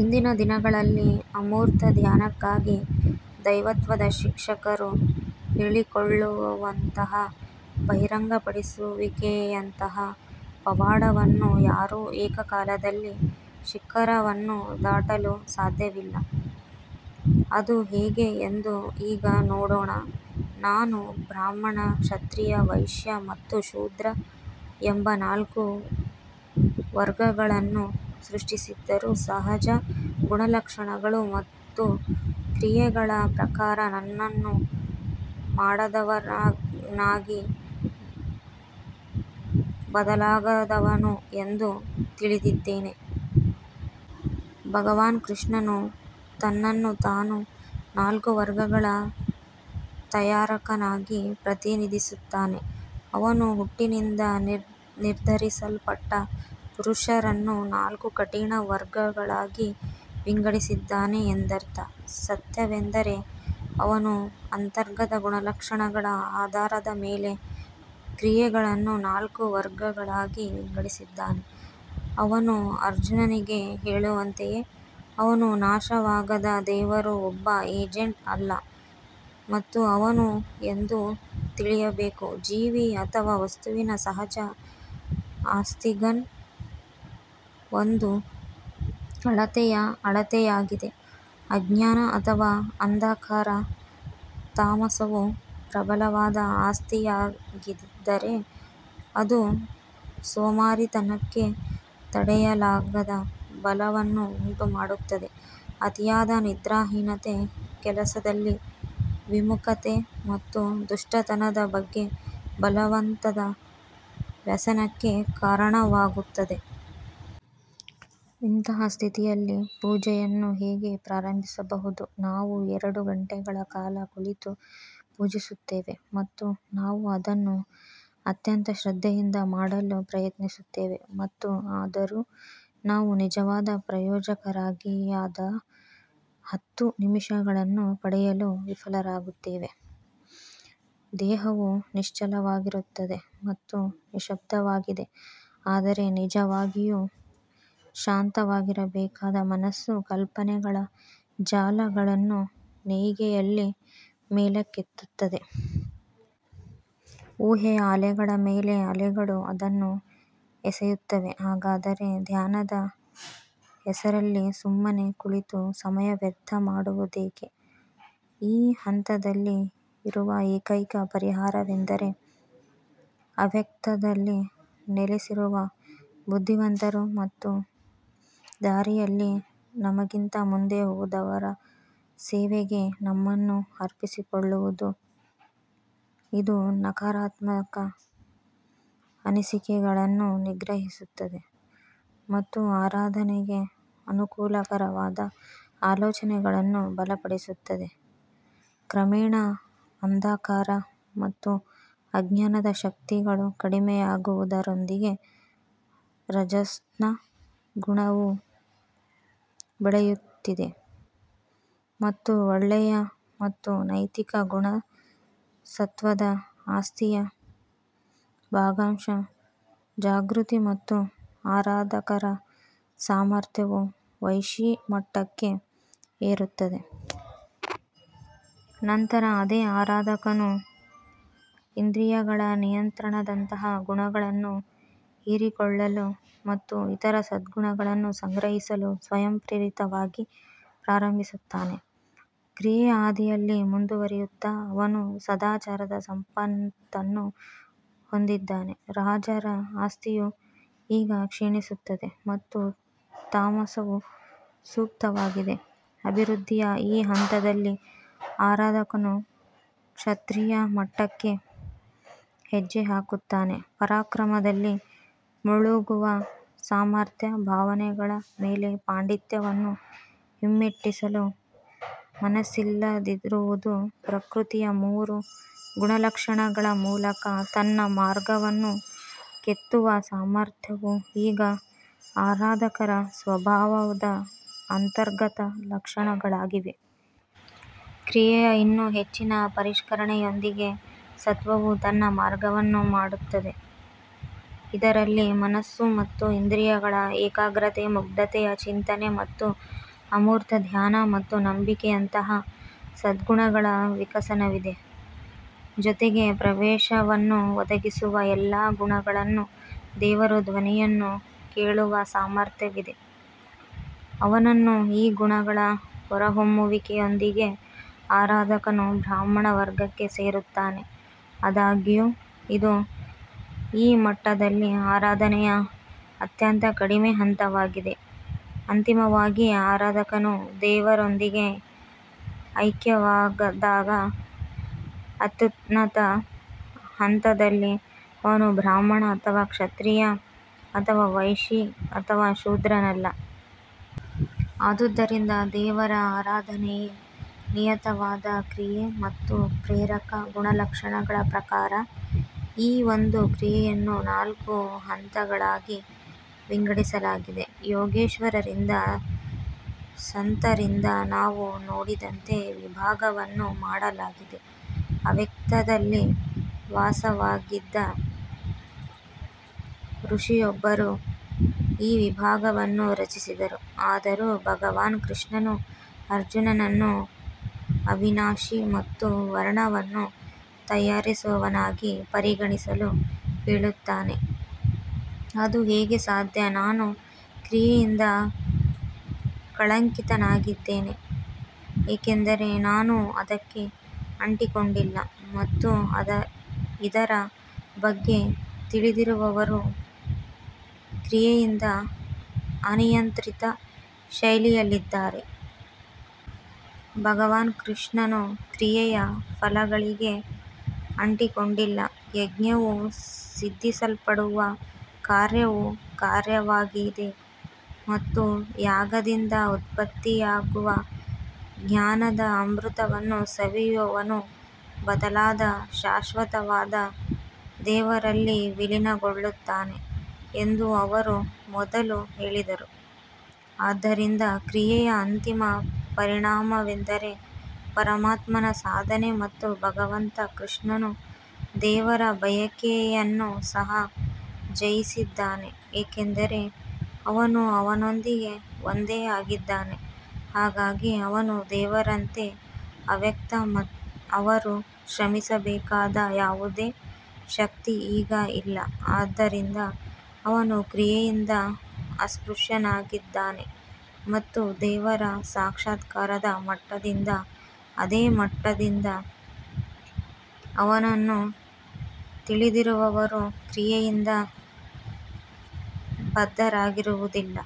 ಇಂದಿನ ದಿನಗಳಲ್ಲಿ ಅಮೂರ್ತ ಧ್ಯಾನಕ್ಕಾಗಿ ದೈವತ್ವದ ಶಿಕ್ಷಕರು ಹೇಳಿಕೊಳ್ಳುವಂತಹ ಬಹಿರಂಗಪಡಿಸುವಿಕೆಯಂತಹ ಪವಾಡವನ್ನು ಯಾರೂ ಏಕಕಾಲದಲ್ಲಿ ಶಿಖರವನ್ನು ದಾಟಲು ಸಾಧ್ಯವಿಲ್ಲ. ಅದು ಹೇಗೆ ಎಂದು ಈಗ ನೋಡೋಣ ನಾನು ಬ್ರಾಹ್ಮಣ ಕ್ಷತ್ರಿಯ ವೈಶಿ ಮತ್ತು ಶೂದ್ರ ಎಂಬ ನಾಲ್ಕು ವರ್ಗಗಳನ್ನು ಸೃಷ್ಟಿಸಿದ್ದರೂ ಸಹಜ ಗುಣಲಕ್ಷಣಗಳು ಮತ್ತು ಕ್ರಿಯೆಗಳ ಪ್ರಕಾರ ನನ್ನನ್ನು ಮಾಡದವನಾಗಿ ಬದಲಾಗದವನು ಎಂದು ತಿಳಿದಿದ್ದೇನೆ. ಭಗವಾನ್ ಕೃಷ್ಣನು ತನ್ನನ್ನು ತಾನು ನಾಲ್ಕು ವರ್ಗಗಳ ತಯಾರಕನಾಗಿ ಪ್ರತಿನಿಧಿಸುತ್ತಾನೆ ಅವನು ಹುಟ್ಟಿನಿಂದ ನಿರ್ಧರಿಸಲ್ಪಟ್ಟ ಪುರುಷರನ್ನು ನಾಲ್ಕು ಕಠಿಣ ವರ್ಗಗಳಾಗಿ ವಿಂಗಡಿಸಿದ್ದಾನೆ ಎಂದರ್ಥ ಸತ್ಯವೆಂದರೆ ಅವನು ಅಂತರ್ಗತ ಗುಣಲಕ್ಷಣಗಳ ಆಧಾರದ ಮೇಲೆ ಕ್ರಿಯೆಗಳನ್ನು ನಾಲ್ಕು ವರ್ಗಗಳಾಗಿ ವಿಂಗಡಿಸಿದ್ದಾನೆ ಅವನು ಅರ್ಜುನನಿಗೆ ಹೇಳುವಂತೆಯೇ ಅವನು ನಾಶವಾಗದ ದೇವರು ಒಬ್ಬ ಏಜೆಂಟ್ ಅಲ್ಲ ಮತ್ತು ಅವನು ಎಂದು ತಿಳಿಯಬೇಕು ಜೀವಿ ಅಥವಾ ವಸ್ತುವಿನ ಸಹಜ ಆಸ್ತಿ ಗನ್ ಒಂದು ಅಳತೆಯ ಅಳತೆಯಾಗಿದೆ ಅಜ್ಞಾನ ಅಥವಾ ಅಂಧಕಾರ ತಾಮಸವು ಪ್ರಬಲವಾದ ಆಸ್ತಿಯಾಗಿದ್ದರೆ, ಅದು ಸೋಮಾರಿತನಕ್ಕೆ ತಡೆಯಲಾಗದ ಒಲವನ್ನು ಉಂಟುಮಾಡುತ್ತದೆ, ಅತಿಯಾದ ನಿದ್ರಾಹೀನತೆ ಕೆಲಸದಲ್ಲಿ ವಿಮುಖತೆ ಮತ್ತು ದುಷ್ಟತನದ ಬಗ್ಗೆ ಬಲವಂತದ ವ್ಯಸನಕ್ಕೆ ಕಾರಣವಾಗುತ್ತದೆ. ಇಂತಹ ಸ್ಥಿತಿಯಲ್ಲಿ ಪೂಜೆಯನ್ನು ಹೇಗೆ ಪ್ರಾರಂಭಿಸಬಹುದು ನಾವು ಎರಡು ಗಂಟೆಗಳ ಕಾಲ ಕುಳಿತು ಪೂಜಿಸುತ್ತೇವೆ ಮತ್ತು ನಾವು ಅದನ್ನು ಅತ್ಯಂತ ಶ್ರದ್ಧೆಯಿಂದ ಮಾಡಲು ಪ್ರಯತ್ನಿಸುತ್ತೇವೆ ಮತ್ತು ಆದರೂ ನಾವು ನಿಜವಾದ ಪ್ರಯೋಜನಕಾರಿಯಾದ ಹತ್ತು ನಿಮಿಷಗಳನ್ನು ಪಡೆಯಲು ವಿಫಲರಾಗುತ್ತೇವೆ. ದೇಹವು ನಿಶ್ಚಲವಾಗಿರುತ್ತದೆ ಮತ್ತು ನಿಶ್ಯಬ್ದವಾಗಿದೆ ಆದರೆ ನಿಜವಾಗಿಯೂ ಶಾಂತವಾಗಿರಬೇಕಾದ ಮನಸ್ಸು ಕಲ್ಪನೆಗಳ ಜಾಲಗಳನ್ನು ನೇಯ್ಗೆಯಲ್ಲಿ ಮೇಲಕ್ಕೆತ್ತುತ್ತದೆ. ಊಹೆಯ ಅಲೆಗಳ ಮೇಲೆ ಅಲೆಗಳು ಅದನ್ನು ಎಸೆಯುತ್ತವೆ ಹಾಗಾದರೆ ಧ್ಯಾನದ ಹೆಸರಲ್ಲಿ ಸುಮ್ಮನೆ ಕುಳಿತು ಸಮಯ ವ್ಯರ್ಥ ಮಾಡುವುದೇಕೆ ಈ ಹಂತದಲ್ಲಿ ಇರುವ ಏಕೈಕ ಪರಿಹಾರವೆಂದರೆ, ಅವ್ಯಕ್ತದಲ್ಲಿ ನೆಲೆಸಿರುವ ಬುದ್ಧಿವಂತರ ಮತ್ತು ದಾರಿಯಲ್ಲಿ ನಮಗಿಂತ ಮುಂದೆ ಹೋದವರ ಸೇವೆಗೆ ನಮ್ಮನ್ನು ಅರ್ಪಿಸಿಕೊಳ್ಳುವುದು. ಇದು ನಕಾರಾತ್ಮಕ ಅನಿಸಿಕೆಗಳನ್ನು ನಿಗ್ರಹಿಸುತ್ತದೆ ಮತ್ತು ಆರಾಧನೆಗೆ ಅನುಕೂಲಕರವಾದ ಆಲೋಚನೆಗಳನ್ನು ಬಲಪಡಿಸುತ್ತದೆ ಕ್ರಮೇಣ ಅಂಧಕಾರ ಮತ್ತು ಅಜ್ಞಾನದ ಶಕ್ತಿಗಳು ಕಡಿಮೆಯಾಗುವುದರೊಂದಿಗೆ ರಜಸ್ನ ಗುಣವು ಬೆಳೆಯುತ್ತಿದೆ ಮತ್ತು ಒಳ್ಳೆಯ ಮತ್ತು ನೈತಿಕ ಗುಣ ಸತ್ವದ ಆಸ್ತಿಯ ಭಾಗಶಃ ಜಾಗೃತಿ ಮತ್ತು ಆರಾಧಕರ ಸಾಮರ್ಥ್ಯವು ವೈಶಿ ಮಟ್ಟಕ್ಕೆ ಏರುತ್ತದೆ. ನಂತರ ಅದೇ ಆರಾಧಕನು ಇಂದ್ರಿಯಗಳ ನಿಯಂತ್ರಣದಂತಹ ಗುಣಗಳನ್ನು ಹೀರಿಕೊಳ್ಳಲು ಮತ್ತು ಇತರ ಸದ್ಗುಣಗಳನ್ನು ಸಂಗ್ರಹಿಸಲು ಸ್ವಯಂಪ್ರೇರಿತವಾಗಿ ಪ್ರಾರಂಭಿಸುತ್ತಾನೆ. ಕ್ರಿಯೆಯ ಹಾದಿಯಲ್ಲಿ ಮುಂದುವರಿಯುತ್ತಾ ಅವನು ಸದಾಚಾರದ ಸಂಪತ್ತನ್ನು ಹೊಂದಿದ್ದಾನೆ ರಾಜರ ಆಸ್ತಿಯು ಈಗ ಕ್ಷೀಣಿಸುತ್ತದೆ ಮತ್ತು ತಾಮಸವು ಸುಪ್ತವಾಗಿದೆ ಅಭಿವೃದ್ಧಿಯ ಈ ಹಂತದಲ್ಲಿ ಆರಾಧಕನು ಕ್ಷತ್ರಿಯ ಮಟ್ಟಕ್ಕೆ ಹೆಜ್ಜೆ ಹಾಕುತ್ತಾನೆ ಪರಾಕ್ರಮದಲ್ಲಿ ಮುಳುಗುವ ಸಾಮರ್ಥ್ಯ, ಭಾವನೆಗಳ ಮೇಲೆ ಪಾಂಡಿತ್ಯವನ್ನು ಹಿಮ್ಮೆಟ್ಟಿಸಲು ಮನಸ್ಸಿಲ್ಲದಿರುವುದು ಪ್ರಕೃತಿಯ ಮೂರು ಗುಣಲಕ್ಷಣಗಳ ಮೂಲಕ ತನ್ನ ಮಾರ್ಗವನ್ನು ಕೆತ್ತುವ ಸಾಮರ್ಥ್ಯವು ಈಗ ಆರಾಧಕರ ಸ್ವಭಾವದ ಅಂತರ್ಗತ ಲಕ್ಷಣಗಳಾಗಿವೆ. ಕ್ರಿಯೆಯ ಇನ್ನೂ ಹೆಚ್ಚಿನ ಪರಿಷ್ಕರಣೆಯೊಂದಿಗೆ ಸತ್ವವು ತನ್ನ ಮಾರ್ಗವನ್ನು ಮಾಡುತ್ತದೆ, ಇದರಲ್ಲಿ ಮನಸ್ಸು ಮತ್ತು ಇಂದ್ರಿಯಗಳ ಏಕಾಗ್ರತೆ ಮುಗ್ಧತೆಯ ಚಿಂತನೆ ಮತ್ತು ಅಮೂರ್ತ ಧ್ಯಾನ ಮತ್ತು ನಂಬಿಕೆಯಂತಹ ಸದ್ಗುಣಗಳ ವಿಕಸನವಿದೆ, ಜೊತೆಗೆ ಪ್ರವೇಶವನ್ನು ಒದಗಿಸುವ ಎಲ್ಲಾ ಗುಣಗಳನ್ನು ದೇವರ ಧ್ವನಿಯನ್ನು ಕೇಳುವ ಸಾಮರ್ಥ್ಯವಿದೆ. ಅವನನ್ನು ಈ ಗುಣಗಳ ಹೊರಹೊಮ್ಮುವಿಕೆಯೊಂದಿಗೆ ಆರಾಧಕನು ಬ್ರಾಹ್ಮಣ ವರ್ಗಕ್ಕೆ ಸೇರುತ್ತಾನೆ ಆದಾಗ್ಯೂ ಇದು ಈ ಮಟ್ಟದಲ್ಲಿ ಆರಾಧನೆಯ ಅತ್ಯಂತ ಕಡಿಮೆ ಹಂತವಾಗಿದೆ ಅಂತಿಮವಾಗಿ ಆರಾಧಕನು ದೇವರೊಂದಿಗೆ ಐಕ್ಯವಾದಾಗ ಅತ್ಯುನ್ನತ ಹಂತದಲ್ಲಿ ಅವನು ಬ್ರಾಹ್ಮಣ ಅಥವಾ ಕ್ಷತ್ರಿಯ ಅಥವಾ ವೈಶಿ ಅಥವಾ ಶೂದ್ರನಲ್ಲ. ಆದುದರಿಂದ ದೇವರ ಆರಾಧನೆಯೇ ನಿಯತವಾದ ಕ್ರಿಯೆ ಮತ್ತು ಪ್ರೇರಕ ಗುಣಲಕ್ಷಣಗಳ ಪ್ರಕಾರ ಈ ಒಂದು ಕ್ರಿಯೆಯನ್ನು ನಾಲ್ಕು ಹಂತಗಳಾಗಿ ವಿಂಗಡಿಸಲಾಗಿದೆ ಯೋಗೇಶ್ವರರಿಂದ ಸಂತರಿಂದ ನಾವು ನೋಡಿದಂತೆ ವಿಭಾಗವನ್ನು ಮಾಡಲಾಗಿದೆ ಅವ್ಯಕ್ತದಲ್ಲಿ ವಾಸವಾಗಿದ್ದ ಋಷಿಯೊಬ್ಬರು ಈ ವಿಭಾಗವನ್ನು ರಚಿಸಿದರು ಆದರೂ ಭಗವಾನ್ ಕೃಷ್ಣನು ಅರ್ಜುನನನ್ನು ಅವಿನಾಶಿ ಮತ್ತು ವರ್ಣವನ್ನು ತಯಾರಿಸುವವನಾಗಿ ಪರಿಗಣಿಸಲು ಹೇಳುತ್ತಾನೆ ಅದು ಹೇಗೆ ಸಾಧ್ಯ ನಾನು ಕ್ರಿಯೆಯಿಂದ ಕಳಂಕಿತನಾಗಿದ್ದೇನೆ ಏಕೆಂದರೆ ನಾನು ಅದಕ್ಕೆ ಅಂಟಿಕೊಂಡಿಲ್ಲ ಮತ್ತು ಇದರ ಬಗ್ಗೆ ತಿಳಿದಿರುವವರು ಕ್ರಿಯೆಯಿಂದ ಅನಿಯಂತ್ರಿತ ಶೈಲಿಯಲ್ಲಿದ್ದಾರೆ. ಭಗವಾನ್ ಕೃಷ್ಣನು ಕ್ರಿಯೆಯ ಫಲಗಳಿಗೆ ಅಂಟಿಕೊಂಡಿಲ್ಲ ಯಜ್ಞವು ಸಿದ್ಧಿಸಲ್ಪಡುವ ಕಾರ್ಯವು ಕಾರ್ಯವಾಗಿದೆ ಮತ್ತು ಯಾಗದಿಂದ ಉತ್ಪತ್ತಿಯಾಗುವ ಜ್ಞಾನದ ಅಮೃತವನ್ನು ಸವಿಯುವವನು ಬದಲಾಗದ ಶಾಶ್ವತವಾದ ದೇವರಲ್ಲಿ ವಿಲೀನಗೊಳ್ಳುತ್ತಾನೆ ಎಂದು ಅವರು ಮೊದಲು ಹೇಳಿದರು. ಆದ್ದರಿಂದ ಕ್ರಿಯೆಯ ಅಂತಿಮ ಪರಿಣಾಮವೆಂದರೆ ಪರಮಾತ್ಮನ ಸಾಧನೆ ಮತ್ತು ಭಗವಂತ ಕೃಷ್ಣನು ದೇವರ ಬಯಕೆಯನ್ನು ಸಹ ಜಯಿಸಿದ್ದಾನೆ ಏಕೆಂದರೆ ಅವನು ಅವನೊಂದಿಗೆ ಒಂದೇ ಆಗಿದ್ದಾನೆ ಹಾಗಾಗಿ ಅವನೂ ದೇವರಂತೆ ಅವ್ಯಕ್ತ ಅವರು ಶ್ರಮಿಸಬೇಕಾದ ಯಾವುದೇ ಶಕ್ತಿ ಈಗ ಇಲ್ಲ ಆದ್ದರಿಂದ ಅವನು ಕ್ರಿಯೆಯಿಂದ ಅಸ್ಪೃಶ್ಯನಾಗಿದ್ದಾನೆ ಮತ್ತು ದೇವರ ಸಾಕ್ಷಾತ್ಕಾರದ ಮಟ್ಟದಿಂದ ಅದೇ ಮಟ್ಟದಿಂದ ಅವನನ್ನು ತಿಳಿದಿರುವವರೂ ಕ್ರಿಯೆಯಿಂದ ಬದ್ಧರಾಗಿರುವುದಿಲ್ಲ.